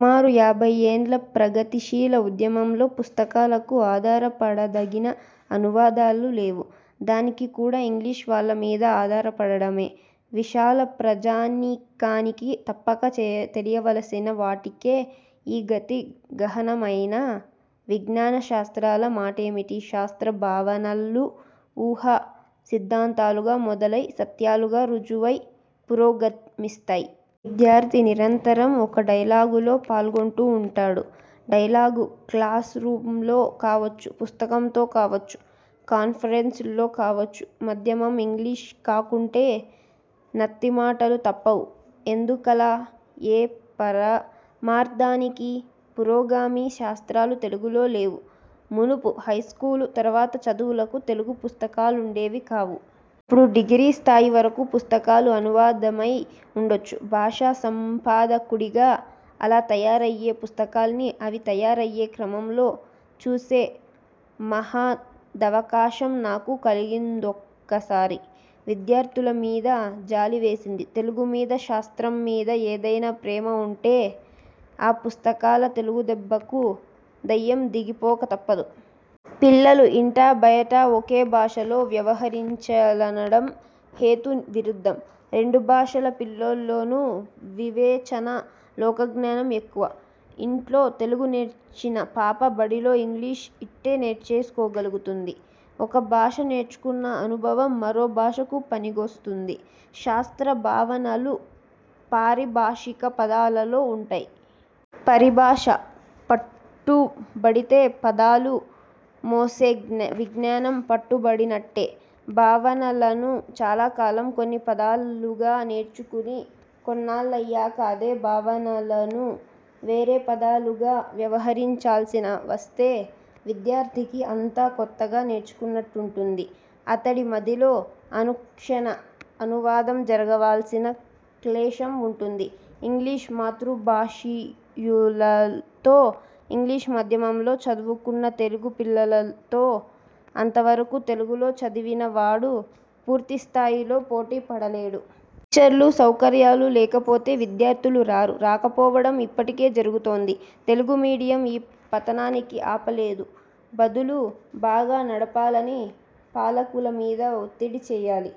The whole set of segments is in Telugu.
సుమారు యాభ్భై ఏండ్ల ప్రగతిశీల ఉద్యమంలో పుస్తకాలకు ఆధారపడదగిన అనువాదాలు లేవు. దానికి కూడా 'ఇంగ్లీషు' వాళ్ళ మీద ఆధారపడడమే. విశాల ప్రజానీకానికి తప్పక చేయ తెలియవలసిన వాటికే ఈ గతి గహనమైన విజ్ఞాన శాస్త్రాల మాటేమిటి? శాస్త్ర 'భావన'లు ఊహా సిద్ధాంతాలుగా మొదలై, సత్యాలుగా రుజువై పురోగమిస్తాయి. విద్యార్థి నిరంతరం ఒక డైలాగులో పాల్గొంటూ వుంటాడు. డైలాగు క్లాసు రూంలో కావొచ్చు, పుస్తకంతో కావొచ్చు. కాన్ఫరెన్సుల్లో కావొచ్చు. మధ్యమం ఇంగ్లీషు కాకుంటే నత్తి మాటలు తప్పవు. ఎందుకలా? ఏ పరమార్థానికీ? పురోగామి శాస్త్రాలు తెలుగులో లేవు. మునుపు హైస్కూలు తరువాత చదువులకు తెలుగు పుస్తకాలుండేవి కావు. ఇప్పుడు డిగ్రీ స్థాయి వరకు పుస్తకాలు అనువాదమయ్ వుండొచ్చు. 'భాషా సంపాదకుడి'గా అలా తయారయ్యే పుస్తకాల్ని, అవి తయారయ్యే క్రమంలో చూసే మహాదవకాశం నాకు కలిగిందొక్కసారి. విద్యార్థుల మీద జాలి వేసింది. తెలుగు మీద, శాస్త్రం మీద ఏధైనా ప్రేమ వుంటే, ఆ పుస్తకాల తెలుగు దెబ్బకు దయ్యం దిగిపోక తప్పదు. పిల్లలు ఇంటా బయటా ఒకే భాషలో వ్యవహరించాలనడం హేతు విరుద్ధం. రెండు భాషల పిల్లోల్లోను వివేచన, లోకజ్ఞానం ఎక్కువ. ఇంట్లో తెలుగు నేర్చిన పాప బడిలో ఇంగ్లీషు ఇట్టే నేర్చేసుకోగలుగుతుంది. ఒక భాష నేర్చుకున్న అనుభవం మరో భాషకు పనికొస్తుంది. శాస్త్ర భావనలు పారిభాషిక పదాలలో వుంటయ్. పరిభాష పట్టుబడితే పదాలు మోసే జ్ఞ విజ్ఞానం పట్టుబడినట్టె. భావనలను చాలా కాలం కొని పదాలుగా నేర్చుకుని, కొన్నాళ్ళయ్యాక అదే భావనలను వేరే పదాలుగా వ్యవహరించాల్సిన వస్తే విద్యార్థికి అంతా కొత్తగా నేర్చుకున్నట్టుంటుంది. అతడి మదిలో అనుక్షణ అనువాదం జరగవాల్సిన క్లేశం వుంటుంది. ఇంగ్లీషు-మాతృభాషీయులతో, ఇంగ్లీషు మాధ్యమంలో చదువుకున్న తెలుగు పిల్లలతో అంత వరకు తెలుగులో చదివినవాడు పూర్తి స్థాయిలో పోటీ పడలేడు. టీచర్లు, సౌకర్యాలు లేకపోతే విద్యార్థులు రారు. రాకపోవడం ఇప్పటికే జరుగుతోంది. 'తెలుగు మీడియం' ఈ పతనానికి ఆపలేదు. బదులు బాగా నడపాలని పాలకుల మీద ఒత్తిడి చేయాలి,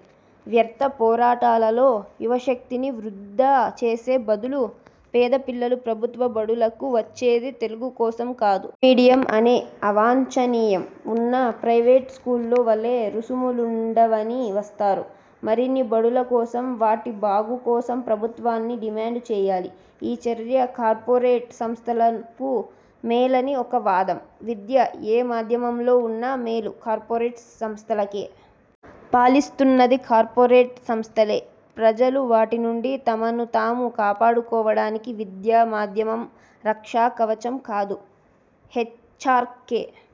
వ్యర్థ పోరాటాలలో యువశక్తిని వృథా చేసే బదులు. పేద పిల్లలు ప్రభుత్వ బడులకు వచ్చేది తెలుగు కోసం కాదు. మీడియం అనే 'అవాంఛనీయం' వున్నా ప్రైవేటు స్కూల్లో వలే రుసుములుండవని వస్తారు. మరిన్ని బడుల కోసం, వాటి బాగు కోసం ప్రభుత్వాన్ని డిమాండు చేయాలి. ఈ చర్య కార్పొరేట్ సంస్థలకు మేలని ఒక వాదం. విద్య ఏ మాధ్యమంలో వున్నా మేలు కార్పొరేట్ సంస్థలకే. పాలిస్తున్నది కార్పొరేట్ సంస్థలే. ప్రజలు వాటి నుండి తమను తాము కాపాడుకోవడానికి విద్యా మాధ్యమం రక్షా కవచం కాదు. హెచ్చార్కె